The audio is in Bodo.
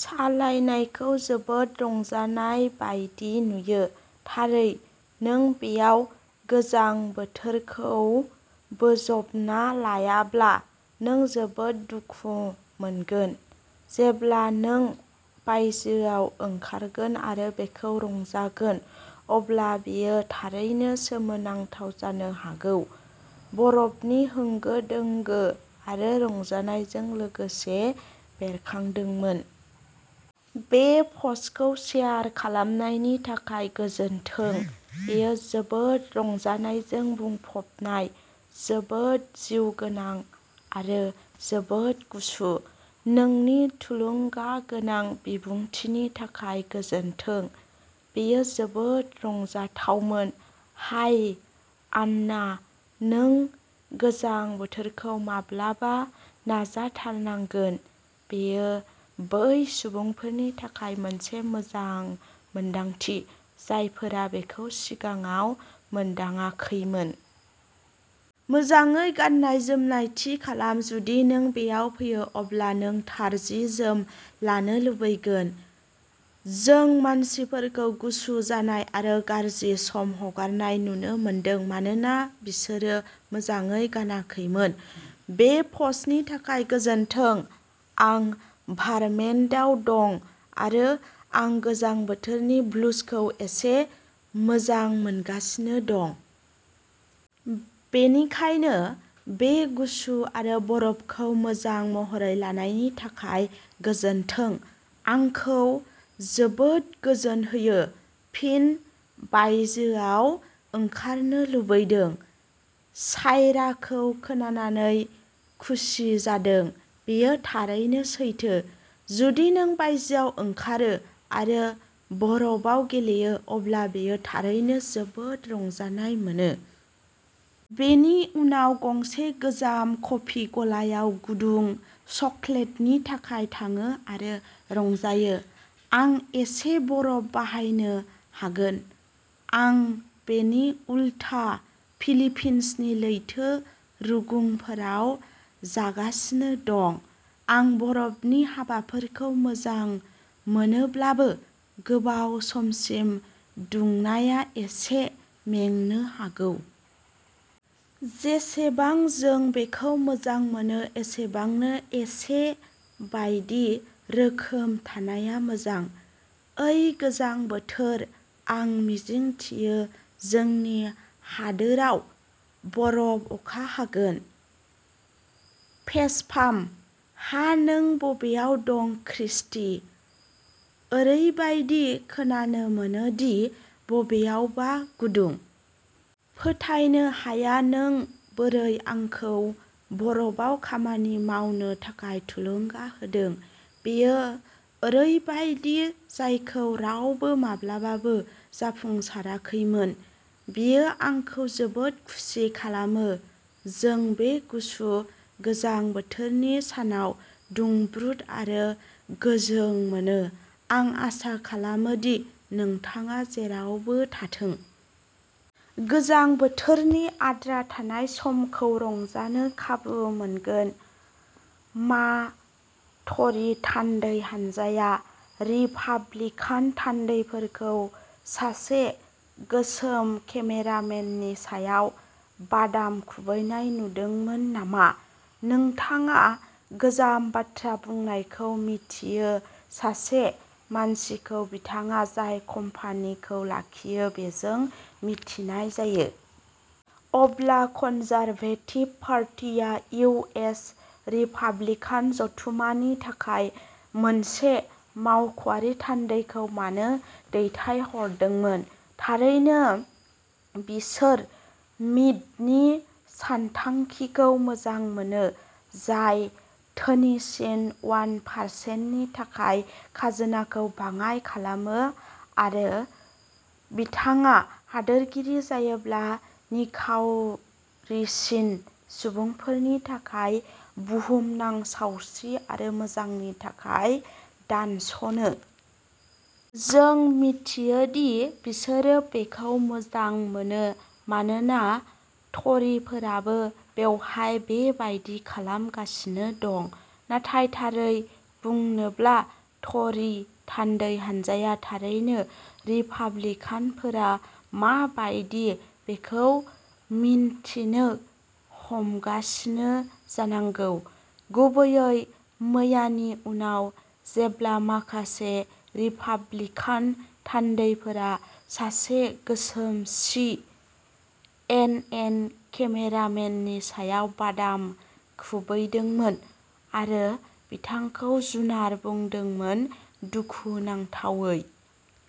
सालायनायखौ जोबोद रंजानाय बायदि नुयो। थारै नों बेयाव गोजां बोथोरखौ बोजबना लायाब्ला नों जोबोद दुखु मोनगोन। जेब्ला नों बायजोआव ओंखारगोन आरो बेखौ रंजागोन अब्ला बेयो थारैनो सोमोनांथाव जानो हागौ। बरफनि होंगो-दोंगो आरो रंजानायजों लोगोसे बेरखांदोंमोन। बे पस्टखौ सेयार खालामनायनि थाखाय गोजोन्थों। बेयो जोबोद रंजानायजों बुंफबनाय जोबोद जिउगोनां आरो जोबोद गुसु। नोंनि थुलुंगागोनां बिबुंथिनि थाखाय गोजोन्थों। बेयो जोबोद रंजाथावमोन। हाय आनना नों गोजां बोथोरखौ माब्लाबा नाजाथारनांगोन। बेयो बै सुबुंफोरनि थाखाय मोनसे मोजां मोनदांथि, जायफोरा बेखौ सिगाङाव मोनदाङाखैमोन। मोजाङै गाननाय-जोमनाय थि खालाम जुदि नों बेयाव फैयो अब्ला नों थार जि-जोम लानो लुबैगोन। जों मानसिफोरखौ गुसु जानाय आरो गाज्रि सम हगारनाय नुनो मोनदों मानोना बिसोरो मोजाङै गानाखैमोन। बे पस्टनि थाखाय गोजोन्थों। आं भारमेन्टआव दं आरो आं गोजां बोथोरनि ब्लुजखौ एसे मोजां मोनगासिनो दं। बेनिखायनो बे गुसु आरो बरफखौ मोजां महरै लानायनि थाखाय गोजोन्थों। आंखौ जोबोद गोजोन होयो। फिन बायजोआव ओंखारनो लुबैदों। सायराखौ खोनानानै खुसि जादों। बेयो थारैनो सैथो। जुदि नों बायजोआव ओंखारो आरो बरफाव गेलेयो। अब्ला बेयो थारैनो जोबोद रंजानाय मोनो। बेनि उनाव गंसे गोजाम कफि गलायाव गुदुं चकलेटनि थाखाय थाङो आरो रंजायो। आं एसे बरफ बाहायनो हागोन। आं बेनि उलथा फिलिपिन्सनि लैथो रुगुंफोराव जागासिनो दं। आं बरफनि हाबाफोरखौ मोजां मोनोब्लाबो गोबाव समसिम दुंनाया एसे मेंनो हागौ। जेसेबां जों बेखौ मोजां मोनो एसेबांनो एसे बायदि रोखोम थानाया मोजां। ओइ गोजां बोथोर आं मिजिंथियो जोंनि हादोराव बरफ अखा हागोन। फेसपाम। हा नों बबेयाव दं क्रिस्टी? ओरैबायदि खोनानो मोनो दि बबेयावबा गुदुं। फोथायनो हाया नों बोरै आंखौ बरफाव खामानि मावनो थाखाय थुलुंगा होदों। बेयो ओरैबायदि जायखौ रावबो माब्लाबाबो जाफुंसाराखैमोन। बेयो आंखौ जोबोद खुसि खालामो। जों बे गुसु गोजां बोथोरनि सानाव दुंब्रुद आरो गोजों मोनो। आं आसा खालामो दि नोंथाङा जेरावबो थाथों। गोजां बोथोरनि आद्रा थानाय समखौ रंजानो खाबु मोनगोन। मा ट'रि थान्दै हान्जाया रिपाब्लिकान थान्दैफोरखौ सासे गोसोम केमेरामेननि सायाव बादाम खुबैनाय नुदोंमोन नामा? नोंथाङा गोजाम बाथ्रा बुंनायखौ मिथियो सासे मानसिखौ बिथाङा जाय कम्पानिखौ लाखियो बेजों मिथिनाय जायो? अब्ला कनजारभेटिभ पार्टिआ इउ. एस. रिपाब्लिकान जथुमानि थाखाय मोनसे मावख'आरि थान्दैखौ मानो दैथायहरदोंमोन। थारैनो बिसोर मिटनि सानथांखिखौ मोजां मोनो जाय धोनिसिन अवान पारचेन्टनि थाखाय खाजोनाखौ बाङाय खालामो आरो बिथाङा हादोरगिरि जायोब्ला निखावरिसिन सुबुंफोरनि थाखाय बुहुमनां सावस्रि आरो मोजांनि थाखाय दानस'नो। जों मिथियो दि बिसोरो बेखौ मोजां मोनो मानोना ट'रिफोराबो बेवहाय बे बायदि खालामगासिनो दं। नाथाय थारै बुंनोब्ला ट'रि थान्दै हान्जाया थारैनो रिपाब्लिकानफोरा मा बायदि बेखौ मिन्थिनो हमगासिनो जानांगौ। गुबैयै मैयानि उनाव जेब्ला माखासे रिपाब्लिकान थान्दैफोरा सासे गोसोम सि एन एन केमेरामेननि सायाव बादाम खुबैदोंमोन आरो बिथांखौ जुनार बुंदोंमोन दुखु नांथावै।